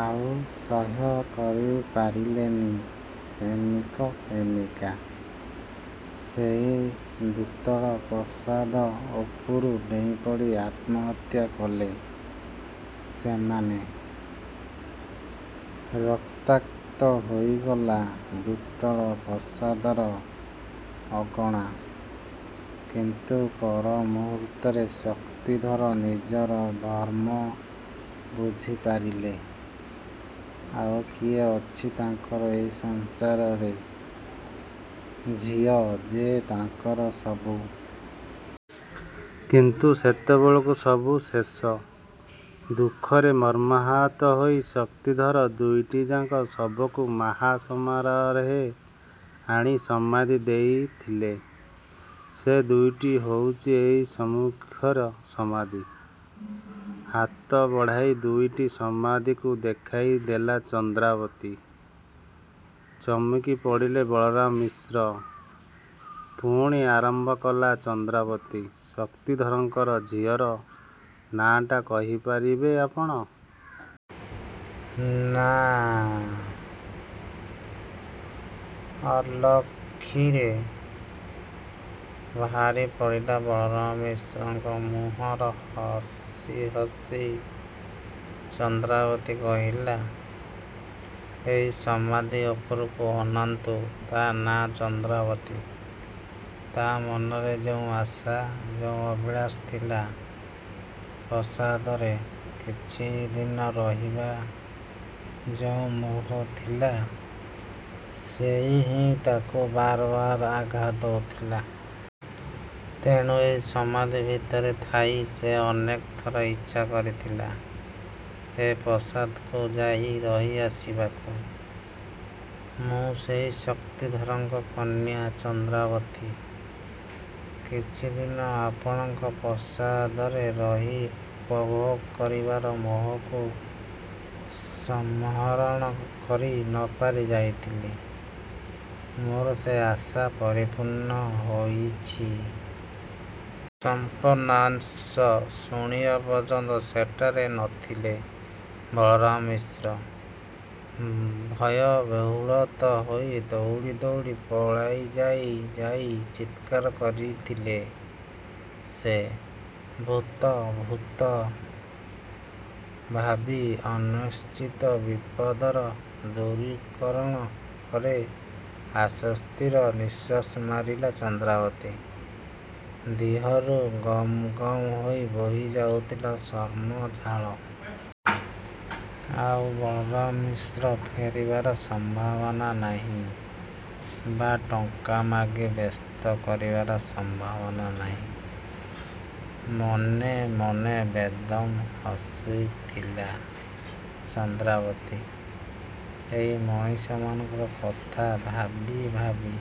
ଆଉ ସହ୍ୟ କରି ପାରିଲେନି ପ୍ରେମିକ ପ୍ରେମିକା। ସେହି ଦ୍ୱିତଳ ପ୍ରାସାଦ ଉପରୁ ଡେଇଁ ପଡ଼ି ଆତ୍ମହତ୍ୟା କଲେ ସେମାନେ। ରକ୍ତାକ୍ତ ହୋଇଗଲା ଦ୍ୱିତଳ ପ୍ରାସାଦର ଅଗଣା। କିନ୍ତୁ ପରମୁହୂର୍ତ୍ତରେ ଶକ୍ତିଧର ନିଜର ଭ୍ରମ ବୁଝିପାରିଲେ, ଆଉ କିଏ ଅଛି ତାଙ୍କର ଏ ସଂସାରରେ? ଝିଅ ଯେ ତାଙ୍କର ସବୁ। କିନ୍ତୁ ସେତେବେଳକୁ ସବୁ ଶେଷ। ଦୁଃଖରେ ମର୍ମାହତ ହୋଇ ଶକ୍ତିଧର ଦୁଇଟିଯାକ ଶବକୁ ମହା ସମାରୋହରେ ଆଣି ସମାଧି ଦେଇଥିଲେ ସେ ଦୁଇଟି ହେଉଛି ଏଇ ସମ୍ମୁଖର ସମାଧି। ହାତ ବଢ଼ାଇ ଦୁଇଟି ସମାଧିକୁ ଦେଖାଇ ଦେଲା ଚନ୍ଦ୍ରାବତୀ। ଚମକି ପଡ଼ିଲେ ବଳରାମ ମିଶ୍ର ପୁଣି ଆରମ୍ଭ କଲା ଚନ୍ଦ୍ରାବତୀ, "ଶକ୍ତିଧରଙ୍କର ଝିଅର ନାଁଟା କହିପାରିବେ ଆପଣ?" "ନାଁ..." ଅଲକ୍ଷ୍ୟରେ ବାହାରି ପଡ଼ିଲା ବଳରାମ ମିଶ୍ରଙ୍କ ମୁହଁର ହସି ହସି ଚନ୍ଦ୍ରାବତୀ କହିଲା, "ଏଇ ସମାଧି ଉପରକୁ ଅନାନ୍ତୁ ତା' ନାଁ ଚନ୍ଦ୍ରାବତୀ। ତା' ମନରେ ଯେଉଁ ଆଶା, ଯେଉଁ ଅଭିଳାଷ ଥିଲା, ପ୍ରାସାଦରେ କିଛିଦିନ ରହିବାର ଯେଉଁ ମୋହ ଥିଲା, ସେହି ହିଁ ତାକୁ ବାର ବାର ଆଘାତ ଦେଉଥିଲା। ତେଣୁ ଏ ସମାଧି ଭିତରେ ଥାଇ ସେ ଅନେକଥର ଇଚ୍ଛା କରୁଥିଲା ଏ ପ୍ରସାଦକୁ ଯାଇ ରହି ଆସିବାକୁ। ମୁଁ ସେହି ଶକ୍ତିଧରଙ୍କ କନ୍ୟା ଚନ୍ଦ୍ରାବତୀ। କିଛିଦିନ ଆପଣଙ୍କ ପ୍ରସାଦରେ ରହି ଉପଭୋଗ କରିବାର ମୋହକୁ ସମ୍ୱରଣ କରି ନ ପାରି ଯାଇଥିଲି, ମୋର ସେ ଆଶା ପରିପୂର୍ଣ୍ଣ ହୋଇଛି। ସମ୍ପୂର୍ଣ୍ଣାଂଶ ଶୁଣିବା ପର୍ଯ୍ୟନ୍ତ ସେଠାରେ ନ ଥିଲେ ବଳରାମ ମିଶ୍ର। ଭୟ ବିହ୍ୱଳିତ ହୋଇ ଦୌଡ଼ି ଦୌଡ଼ି ପଳାଇ ଯାଉ ଯାଉ ଚିତ୍କାର କରୁଥିଲେ ସେ, ଭୂତ ଭୂତ ଭାବୀ ଅନିଶ୍ଚିତ ବିପଦର ଦୂରୀକରଣ ପରେ ଆଶ୍ୱସ୍ତିର ନିଃଶ୍ୱାସ ମାରିଲା ଚନ୍ଦ୍ରାବତୀ। ଦେହରୁ ଗମ ଗମ ହୋଇ ବହି ଯାଉଥିଲା ଶ୍ରମ ଝାଳ। ଆଉ ବଳରାମ ମିଶ୍ର ଫେରିବାର ସମ୍ଭାବନା ନାହିଁ, ବା ଟଙ୍କା ମାଗି ବ୍ୟସ୍ତ କରିବାର ସମ୍ଭାବନା ନାହିଁ। ମନେ ମନେ ବେଦମ୍ ହସୁଥିଲା ଚନ୍ଦ୍ରାବତୀ ଏଇ ମଣିଷମାନଙ୍କର କଥା ଭାବି ଭାବି।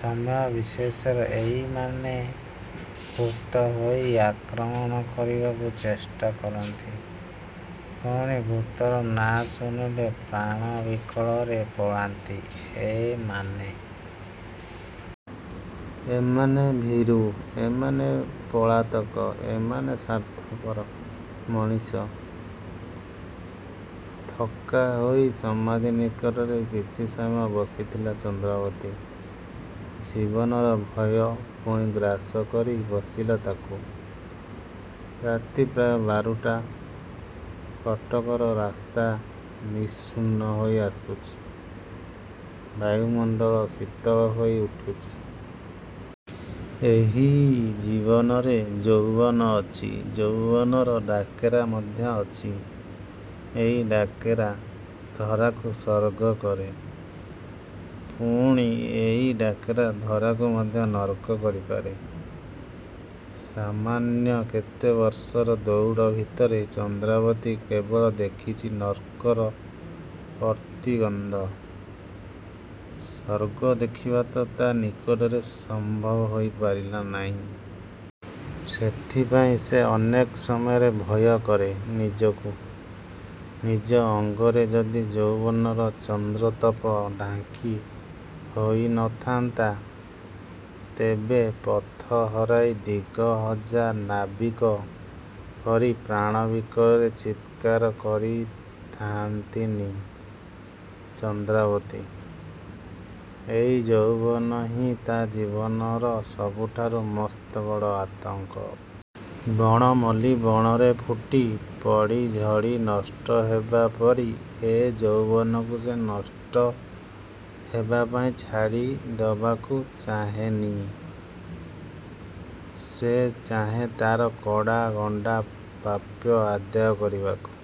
ସମୟ ବିଶେଷରେ ଏଇମାନେ ଭୂତ ହୋଇ ଆକ୍ରମଣ କରିବାକୁ ଚେଷ୍ଟା କରନ୍ତି, ପୁଣି ଭୂତର ନାଁ ଶୁଣିଲେ ପ୍ରାଣ ବିକଳରେ ପଳାନ୍ତି ଏମାନେ। ଏମାନେ ଭୀରୁ, ଏମାନେ ପଳାତକ, ଏମାନେ ସ୍ୱାର୍ଥପର ମଣିଷ। ଥକ୍କା ହୋଇ ସମାଧି ନିକଟରେ କିଛି ସମୟ ବସିଥିଲା ଚନ୍ଦ୍ରାବତୀ। ଜୀବନର ଭୟ ପୁଣି ଗ୍ରାସ କରି ବସିଲା ତାକୁ। ରାତି ପ୍ରାୟ ବାରଟା। କଟକର ରାସ୍ତା ନିଶୂନ ହୋଇ ଆସୁଛି। ବାୟୁମଣ୍ଡଳ ଶୀତଳ ହୋଇ ଉଠୁଛି। ହୋଇ ଜୀବନରେ ଯୌବନ ଅଛି, ଯୌବନର ଡାକରା ମଧ୍ୟ ଅଛି। ଏଇ ଡାକରା ଧରାକୁ ସ୍ୱର୍ଗ କରେ, ପୁଣି ଏଇ ଡାକରା ଧରାକୁ ମଧ୍ୟ ନରକ କରିପାରେ। ସାମାନ୍ୟ କେତେ ବର୍ଷର ଦୌଡ଼ ଭିତରେ ଚନ୍ଦ୍ରାବତୀ କେବଳ ଦେଖିଛି ନରକର ପୂତିଗନ୍ଧ। ସ୍ୱର୍ଗ ଦେଖିବା ତା' ନିକଟରେ ସମ୍ଭବ ହୋଇ ପାରିଲା ନାହିଁ। ସେଇଥିପାଇଁ ସେ ଅନେକ ସମୟରେ ଭୟ କରେ ନିଜକୁ। ନିଜ ଅଙ୍ଗରେ ଯଦି ଯୌବନର ଚନ୍ଦ୍ରତାପ ଢାଙ୍କି ହୋଇ ନ ଥାନ୍ତା, ତେବେ ପଥ ହରାଇ ଦିଗହଜା ନାବିକ ପରି ପ୍ରାଣ ବିକଳରେ ଚିତ୍କାର କରଥାନ୍ତିନି ଚନ୍ଦ୍ରାବତୀ। ଏଇ ଯୌବନ ହିଁ ତା' ଜୀବନର ସବୁଠାରୁ ମସ୍ତବଡ଼ ଆତଙ୍କ। ବଣ ମଲ୍ଲି ବଣରେ ଫୁଟି ପଡ଼ି ଝଡ଼ି ନଷ୍ଟ ହେବା ପରି ଏ ଯୌବନକୁ ସେ ନଷ୍ଟ ହେବା ପାଇଁ ଛାଡ଼ି ଦେବାକୁ ଚାହେଁନି। ସେ ଚାହେଁ ତା'ର କଡ଼ା ଗଣ୍ଡା ପ୍ରାପ୍ୟ ଆଦାୟ କରିବାକୁ।